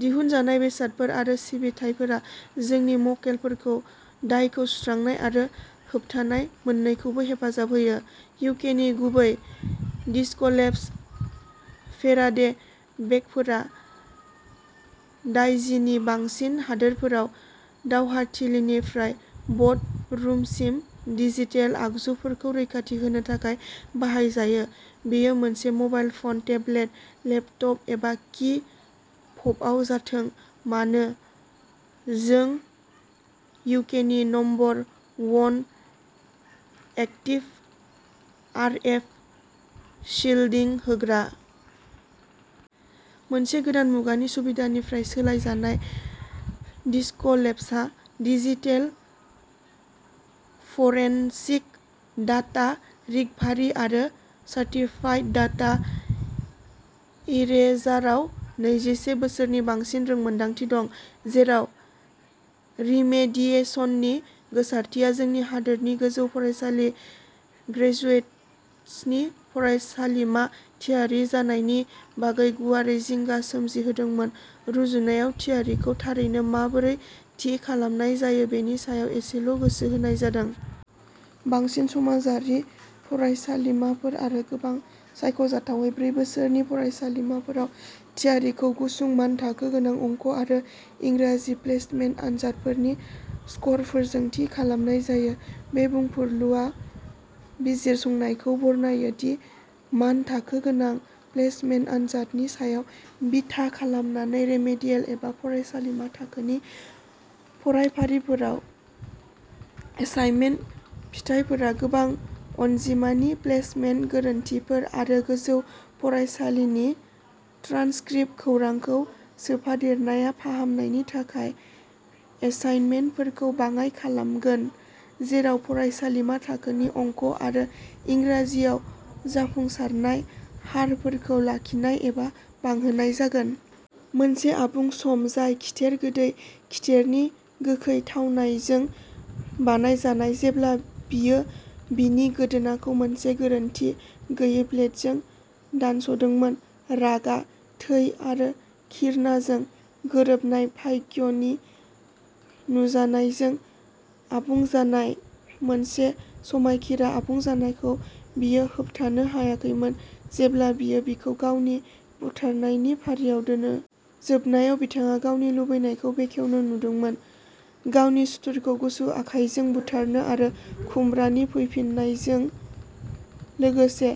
दिहुनजानाय बेसादफोर आरो सिबिथायफोरा जोंनि मक्केलफोरखौ दायखौ सुस्रांनाय आरो होबथानाय मोननैखौबो हेफाजाब होयो। इउकेनि गुबै डिस्कलेब्स फेराडे बेगफोरा दाइजिनि बांसिन हादोरफोराव दावहाथिलिनिफ्राय बर्डरुमसिम डिजिटेल आगजुफोरखौ रैखाथि होनो थाखाय बाहाय जायो। बेयो मोनसे मबाइल फन, टेबलेट, लेपटप एबा कि फबआव जाथों मानो, जों इउकेनि number one active RF shielding होग्रा। मोनसे गोदान मुगानि सुबिदानिफ्राय सालायजानाय डिस्कलेब्सहा डिजिटेल फरेनसिक, डाटा रिकभारि आरो सार्टिफाइड डाटा इरेजाराव नैजिसे बोसोरनि बांसिन रोंमोनदांथि दं। जेराव रिमेडिएसननि गोसारथिया जोंनि हादोरनि गोजौ फरायसालि ग्रेजुएट्सनि फरायसालिमा थियारि जानायनि बागै गुवारै जिंगा सोमजिहोदोंमोन, रुजुनायाव थियारिखौ थारैनो माबोरै थि खालामनाय जायो बेनि सायाव एसेल' गोसो होनाय जादों। बांसिन समाजारि फरायसालिमाफोर आरो गोबां सायख'जाथावै ब्रै बोसोरनि फरायसालिमाफोराव, थियारिखौ गुसुं मानथाखो गोनां अंक आरो इंराजि प्लेसमेन्ट आनजादफोरनि स्करफोरजों थि खालामनाय जायो। बे बुंफुरलुआ बिजिरसंनायखौ बरनायो दि मानथाखो गोनां प्लेसमेन्ट आनजादनि सायाव बिथा खालामनानै रिमेडियेल एबा फरायसालिमा थाखोनि फरायफारिफोराव एसाइनमेन्टनि फिथाइफोरा गोबां अनजिमानि प्लेसमेन्ट गोरोन्थिफोर, आरो गोजौ फरायसालिनि ट्रान्सक्रिप्ट खौरांखौ सोफादेरनाया फाहामनायनि थाखाय एसाइनमेन्टफोरखौ बाङाइ खालामगोन, जेराव फरायसालिमा थाखोनि अंक आरो इंराजियाव जाफुंसारनाय हारफोरखौ लाखिनाय एबा बांहोनाय जागोन। मोनसे आबुं सम जाय खिथेर गोदै खिथेरनि गोखै थावनायजों बानायजानाय, जेब्ला बियो बिनि गोदोनाखौ मोनसे गोरोन्थि गैयै ब्लेडजों दानस'दोंमोन। रागा, थै आरो घिरनाजों गोरोबनाय, भाग्यनि नुजानायजों आबुं जानाय। मोनसे समायखिरा आबुं जानायखौ बियो होबथानो हायाखैमोन जेब्ला बियो बिखौ गावनि बुथारनायनि फारियाव दोनो। जोबनायाव बिथाङा गावनि लुबैनायखौ बेखेवनो नुदोंमोन। गावनि सुथुरखौ गुसु आखायजों बुथारनो आरो खुमब्रानि फैफिननायजों लोगोसे,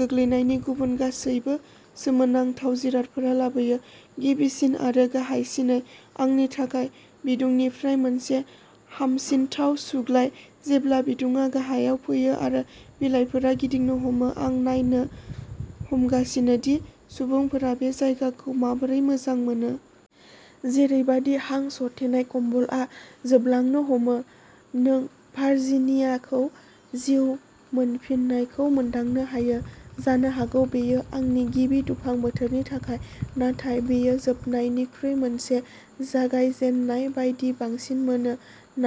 गोग्लैनायनि गुबुन गासैबो सोमोनांथाव जिरादफोरा लाबोयो। गिबिसिन आरो गाहायसिनै, आंनि थाखाय, बिदुंनिफ्राय मोनसे हामसिनथाव सुग्लाय। जेब्ला बिदुंआ गाहायाव फैयो आरो बिलाइफोरा गिदिंनो हमो, आं नायनो हमगासिनो दि सुबुंफोरा बे जायगाखौ माबोरै मोजां मोनो। जेरैबादि हां सरथेनाय कम्बलआ जोबलांनो हमो, नों भार्जिनियाखौ जिउ मोनफिननायखौ मोनदांनो हायो। जानो हागौ बेयो आंनि गिबि दुफां बोथोरनि थाखाय, नाथाय बेयो जोबनायनिख्रुइ मोनसे जागायजेननाय बायदि बांसिन मोनो।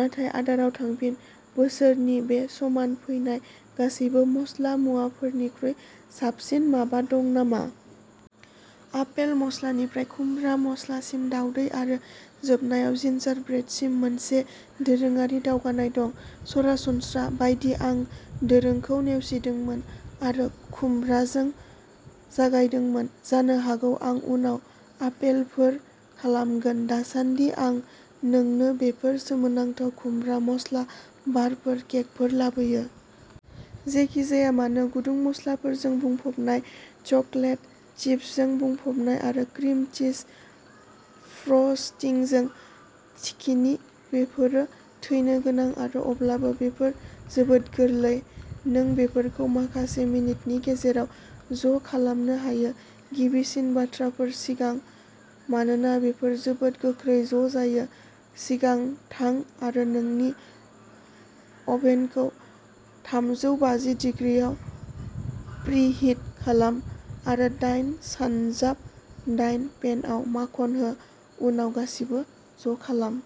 नाथाय आदाराव थांफिन। बोसोरनि बे समाव फैनाय गासैबो मस्ला मुवाफोरनिख्रुइ साबसिन माबा दं नामा? आपेल मस्लानिफ्राय खुमब्रा मस्लासिम दावदै आरो जोबनायाव जिंजारब्रेडसिम मोनसे दोरोङारि दावगानाय दं। सरासनस्रा बायदि, आं दोरोंखौ नेवसिदोंमोन आरो खुमब्राजों जागायदोंमोन। जानो हागौ आं उनाव आपेलफोर खालामगोन। दासानदि, आं नोंनो बेफोर सोमोनांथाव खुमब्रा मस्ला बारफोर केकफोर लाबोयो? जेखि जाया मानो गुदुं मस्लाफोरजों बुंफबनाय चकलेट चिप्सजों बुंफबनाय आरो क्रिम चीज फ्रस्टिंजों थिखिनि बेफोरो थैनो गोनां आरो अब्लाबो, बेफोर जोबोद गोरलै, नों बेफोरखौ माखासे मिनिटनि गेजेराव ज'खालामनो हायो। गिबिसिन बाथ्राफोर सिगां। मानोना बेफोर जोबोद गोख्रै ज'जायो, सिगां थां आरो नोंनि अभेनखौ थामजौ बाजि दिग्रिआव प्रीहिट खालाम आरो दाइन सानजाब दाइन पेनआव माखन हो उनाव गासिबो ज' खालाम।